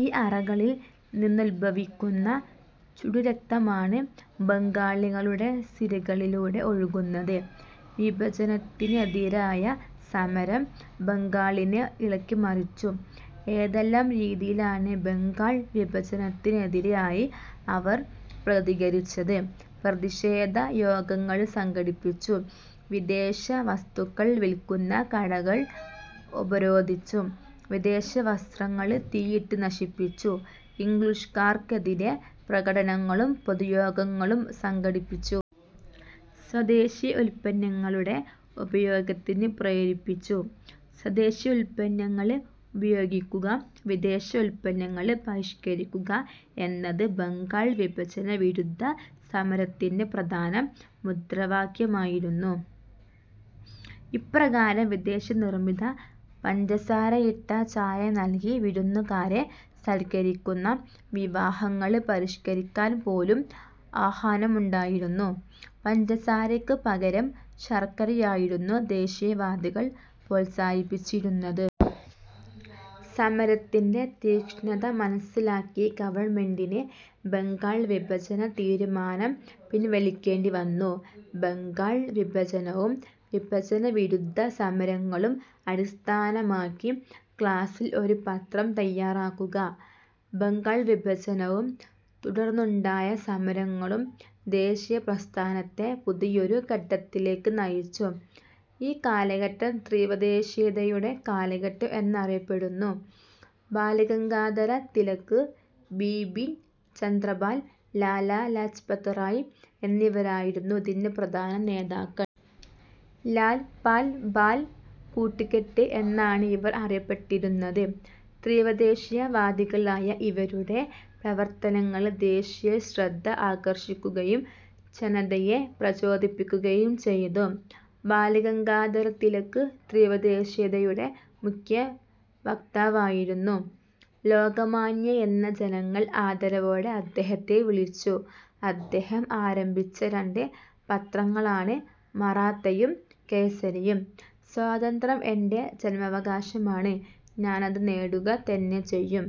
ഈ അറകളിൽ നിന്നുത്ഭവിക്കുന്ന ചുടുരക്തമാണ് ബംഗാളികളുടെ സിരകളിലൂടെ ഒഴുകുന്നത്. വിഭജനത്തിനെതിരായ സമരം ബംഗാളിനെ ഇളക്കിമറിച്ചു. ഏതെല്ലാം രീതിയിലാണ് ബംഗാൾ വിഭജനത്തിനെതിരായി അവർ പ്രതികരിച്ചത്? പ്രതിഷേധ യോഗങ്ങൾ സംഘടിപ്പിച്ചു. വിദേശ വസ്തുക്കൾ വിൽക്കുന്ന കടകൾ ഉപരോധിച്ചു. വിദേശ വസ്ത്രങ്ങൾ തീയിട്ട് നശിപ്പിച്ചു. ഇംഗ്ലീഷുകാർക്കെതിരെ പ്രകടനങ്ങളും പൊതുയോഗങ്ങളും സംഘടിപ്പിച്ചു. സ്വദേശി ഉൽപന്നങ്ങളുടെ ഉപയോഗത്തിന് പ്രേരിപ്പിച്ചു. സ്വദേശി ഉൽപ്പന്നങ്ങൾ ഉപയോഗിക്കുക, വിദേശ ഉൽപ്പന്നങ്ങൾ ബഹിഷ്കരിക്കുക എന്നത് ബംഗാൾ വിഭജന വിരുദ്ധ സമരത്തിന്റെ പ്രധാന മുദ്രാവാക്യമായിരുന്നു. ഇപ്രകാരം വിദേശ നിർമ്മിത പഞ്ചസാരയിട്ട ചായ നൽകി വിരുന്നുകാരെ സൽക്കരിക്കുന്ന വിവാഹങ്ങൾ ബഹിഷ്കരിക്കാൻപോലും ആഹ്വാനമുണ്ടായിരുന്നു. പഞ്ചസാരയ്ക്ക് പകരം ശർക്കരയായിരുന്നു ദേശീയവാദികൾ പ്രോത്സാഹിപ്പിച്ചിരുന്നത്. സമരത്തിന്റെ തീക്ഷ്ണത മനസിലാക്കിയ ഗവൺമെന്റിന് ബംഗാൾ വിഭജന തീരുമാനം പിൻവലിക്കേണ്ടിവന്നു. ബംഗാൾ വിഭജനവും വിഭജനവിരുദ്ധ സമരങ്ങളും അടിസ്ഥാനമാക്കി ക്ലാസിൽ ഒരു പത്രം തയ്യാറാക്കുക. ബംഗാൾ വിഭജനവും തുടർന്നുണ്ടായ സമരങ്ങളും ദേശീയപ്രസ്ഥാനത്തെ പുതിയൊരു ഘട്ടത്തിലേക്ക് നയിച്ചു. ഈ കാലഘട്ടം തീവ്രദേശീയതയുടെ കാലഘട്ടം എന്നറിയപ്പെടുന്നു. ബാലഗംഗാധര തിലക്, ബിപിൻ ചന്ദ്രപാൽ, ലാലാ ലജ്പത്റായ് എന്നിവരായിരുന്നു ഇതിന്റെ പ്രധാന നേതാക്കൾ. ""ലാൽ, പാൽ, ബാൽ കൂട്ടുകെട്ട്' എന്നാണ് ഇവർ അറിയപ്പെട്ടിരുന്നത്. തീവ്രദേശീയ വാദികളായ ഇവരുടെ പ്രവർത്തനങ്ങൾ ദേശീയശ്രദ്ധ ആകർഷിക്കുകയും ജനതയെ പ്രചോദിപ്പിക്കുകയും ചെയ്തു. ബാലഗംഗാധരതിലക് തീവ്രദേശീയതയുടെ മുഖ്യവക്താവായിരുന്നു. ""ലോകമാന്യ' എന്ന് ജനങ്ങൾ ആദരവോടെ അദ്ദേഹത്തെ വിളിച്ചു. അദ്ദേഹം ആരംഭിച്ച രണ്ട് പത്രങ്ങളാണ് മറാത്തയും കേസരിയും. "സ്വാതന്ത്ര്യം എന്റെ ജന്മാവകാശമാണ്, ഞാനത് നേടുക തന്നെ ചെയ്യും"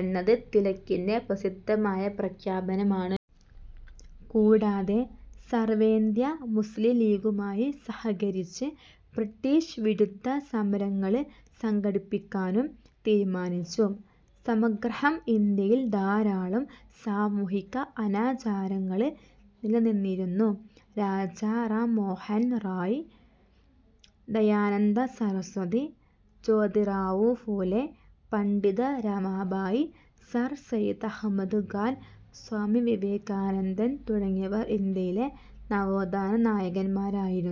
എന്നത് തിലകിന്റെ പ്രസിദ്ധമായ പ്രഖ്യാപനമാണ്. കൂടാതെ, സർവ്വേന്ത്യാ മുസ്ലീംലീഗുമായി സഹകരിച്ച് ബ്രിട്ടീഷ് വിരുദ്ധ സമരങ്ങൾ സംഘടിപ്പിക്കാനും തീരുമാനിച്ചു. സംഗ്രഹം- ഇന്ത്യയിൽ ധാരാളം സാമൂഹിക അനാചാരങ്ങൾ നിലനിന്നിരുന്നു. രാജാ റാംമോഹൻ റോയ്, ദയാനന്ദ സരസ്വതി, ജോതിറാവു ഫുലെ, പണ്ഡിത രമാബായ്, സർ സയ്യിദ് അഹമ്മദ് ഖാൻ, സ്വാമി വിവേകാനന്ദൻ തുടങ്ങിയവർ ഇന്ത്യയിലെ നവോത്ഥാന നായകന്മാരായിരുന്നു.